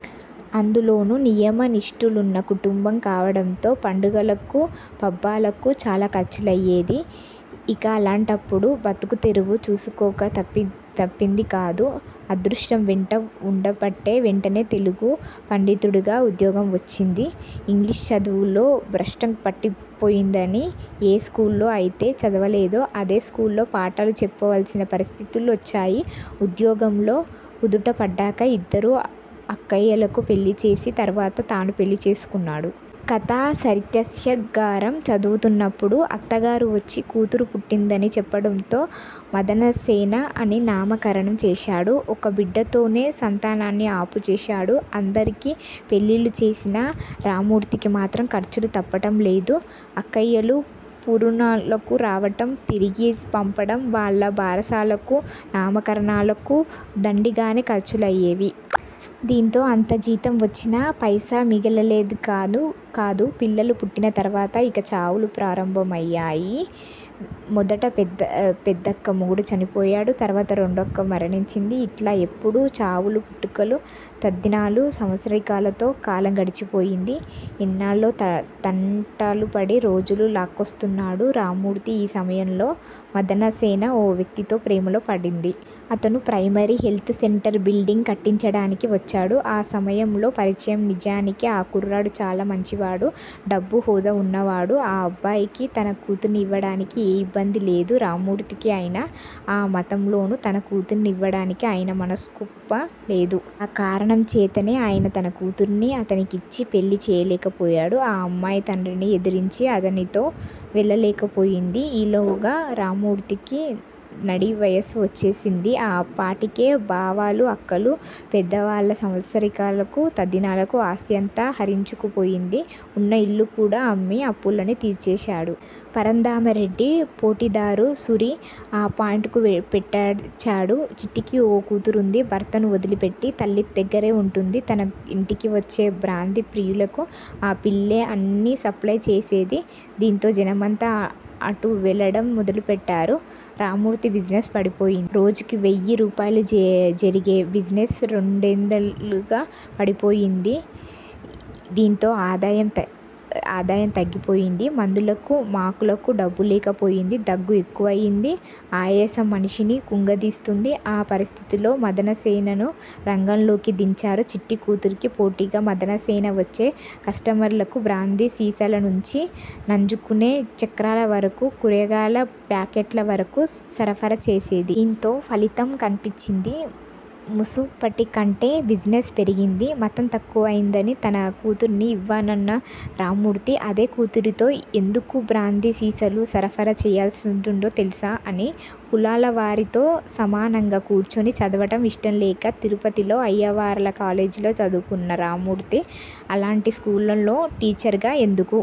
అందులోనూ నియమనిష్టలున్న కుటుంబం కావడంతో పండుగలకూ, పబ్బాలకూ చాలాఖర్చలయ్యేది. ఇక అలాంటప్పుడు బతుకుతెరువు చూసుకోక తప్పిందికాదు. అదృష్టం వెంట వుండబట్టి వెంటనే తెలుగు పండితుడిగా ఉద్యోగం వచ్చింది. ఇంగ్లీషు చదువులో భ్రష్టుపట్టిపోయిందని ఏ స్కూల్లో అయితే చదవలేదో ఆదే స్కూల్లో పాఠాలు చెప్పాల్సిన పరిస్ధుతులొచ్చాయి. ఉద్యోగంలో కుదుటపడ్డాక ఇద్దరు అక్కయ్యలకు పెళ్ళిచేసి తరువాత తాను పెళ్ళి చేసుకున్నాడు. కథాసరిత్సాగరం చదువుతున్నప్పుడు అత్తగారు వచ్చి కూతురు పుట్టిందని చెప్పడంతో మదనసేన అని నామకరణం చేశాడు. ఒక బిడ్డతోనే సంతానాన్ని అపుచేశాడు. అందరికి పెళ్ళిళ్ళు చేసినా రామ్మూర్తికి మాత్రం ఖర్చులు తప్పడం లేదు. అక్కయ్యలు పురునాళ్ళకు రావడం, తిరిగి పంపడం, వాళ్ళ బారసాలలకు, నామకరణాలకు దండిగానే ఖర్చులు అయ్యేవి. దీంతో అంత జీతం వచ్చినా పైసా మిగిలలేదికాదు. పిల్లలు పుట్టిన తర్వాత ఇక చావులు ప్రారంభమయ్యాయి. మొదట పెద్దక్క మొగుడు చనిపోయాడు. తరువాత రెండో అక్క మరణించింది. ఇట్లా ఎప్పుడూ చావులు, పుట్టుకలు, తద్దినాలు, సంవత్సరీకాలతో కాలం గడిచిపోయింది. ఎన్నాళ్ళు తంటలుపడి రోజులు లాక్కొస్తున్నాడు. రామ్మూర్తి ఈ సమయంలో మదనసేన ఓ వ్యక్తితో ప్రేమలో పడింది. అతను ప్రైమరి హెల్త్ సెంటర్ బిల్డింగ్ కట్టించడానికి వచ్చాడు. ఆ సమయంలో పరిచయం నిజానికి ఆ కుర్రాడు చాలా మంచివాడు. డబ్బూ, హోదా వున్నావాడు. ఆ అబ్బాయికి తన కూతుర్ని ఇవ్వడానికి ఏ ఇబ్బంది లేదు. రామ్మూర్తికి. అయినా ఆ మతంలోను తన కూతుర్ని ఇవ్వడానికి ఆయన మనసొప్పలేదు. ఆ కారణంచేతనే ఆయన తన కూతుర్ని అతనికిచ్చి పెళ్ళిచేయలేకపోయాడు. ఆ అమ్మాయి తండ్రిని ఎదిరించి అతనితో వెళ్ళలేకపోయింది. ఈలోగా రామ్మూర్తికి నడివయసు వచ్చేసింది. ఆ పాటికే బావలు, అక్కలు, పెద్దవాళ్ళ సంవత్సరీకాలకు, తద్దినాలకు ఆస్తి అంతా హరించుకుపోయింది. ఉన్న ఇల్లు కూడా అమ్మి అప్పులన్నీ తీర్చేశాడు. పరంధామారెడ్డి పోటిదారు సూరీ ఆ పాయింట్ కు పెట్టంచాడు. చిట్టికి ఓ కూతురుంది. భర్తను వదిలిపెట్టి తల్లి దగ్గరే వుంటుంది. తన ఇంటికి వచ్చే బ్రాంది ప్రియులకు ఆ పిల్లే అన్నీ సప్లయ్ చేసేది. దీంతో జనమంతా అటూ వెళ్ళడం మొదలుపెట్టారు. రామ్మూర్తి బిజినెస్ పడిపోయి. రోజుకి వెయ్యి రూపాయలు జరిగే బిజినెస్ రెండొందలకు పడిపోయింది. దీంతో ఆదాయం తగ్గిపోయింది. మందులకు మాకులకు డబ్బులేకపోయింది. దగ్గు ఎక్కువైపోయింది. ఆయాసం మనిషిని కుంగదీస్తోంది. ఆ పరిస్దితుల్లో మదనసేనను రంగంలోకి దించారు. చిట్టి కూతురికి పోటిగా మదనసేన వచ్చే కస్టమర్లకి బ్రాందీ సీసాలనుంచి నంజుకునే చక్రాల వరకు, కురగాయల ప్యాకెట్లవరకు, సరఫరా చేసేది. దీంతో ఫలితం కన్పించింది. ముసుపటికంటే బిజినెస్ పెరిగింది. మతం తక్కువైందని తన కూతుర్ని ఇవ్వనన్న రామ్మూర్తి అదే కూతురితో ఎందుకు బ్రాంది సీసాలు సరఫరా చేయిస్తున్నాడో తెలుసా? అన్ని కులాలవారితో సమానంగా కూర్చుని చదవడం ఇష్టంలేక తిరుపతిలో అయ్యవార్ల కాలేజీలో చదువుకున్న రామ్మూర్తి అలాంటి స్కూల్లలో టీచర్ గా ఎందుకు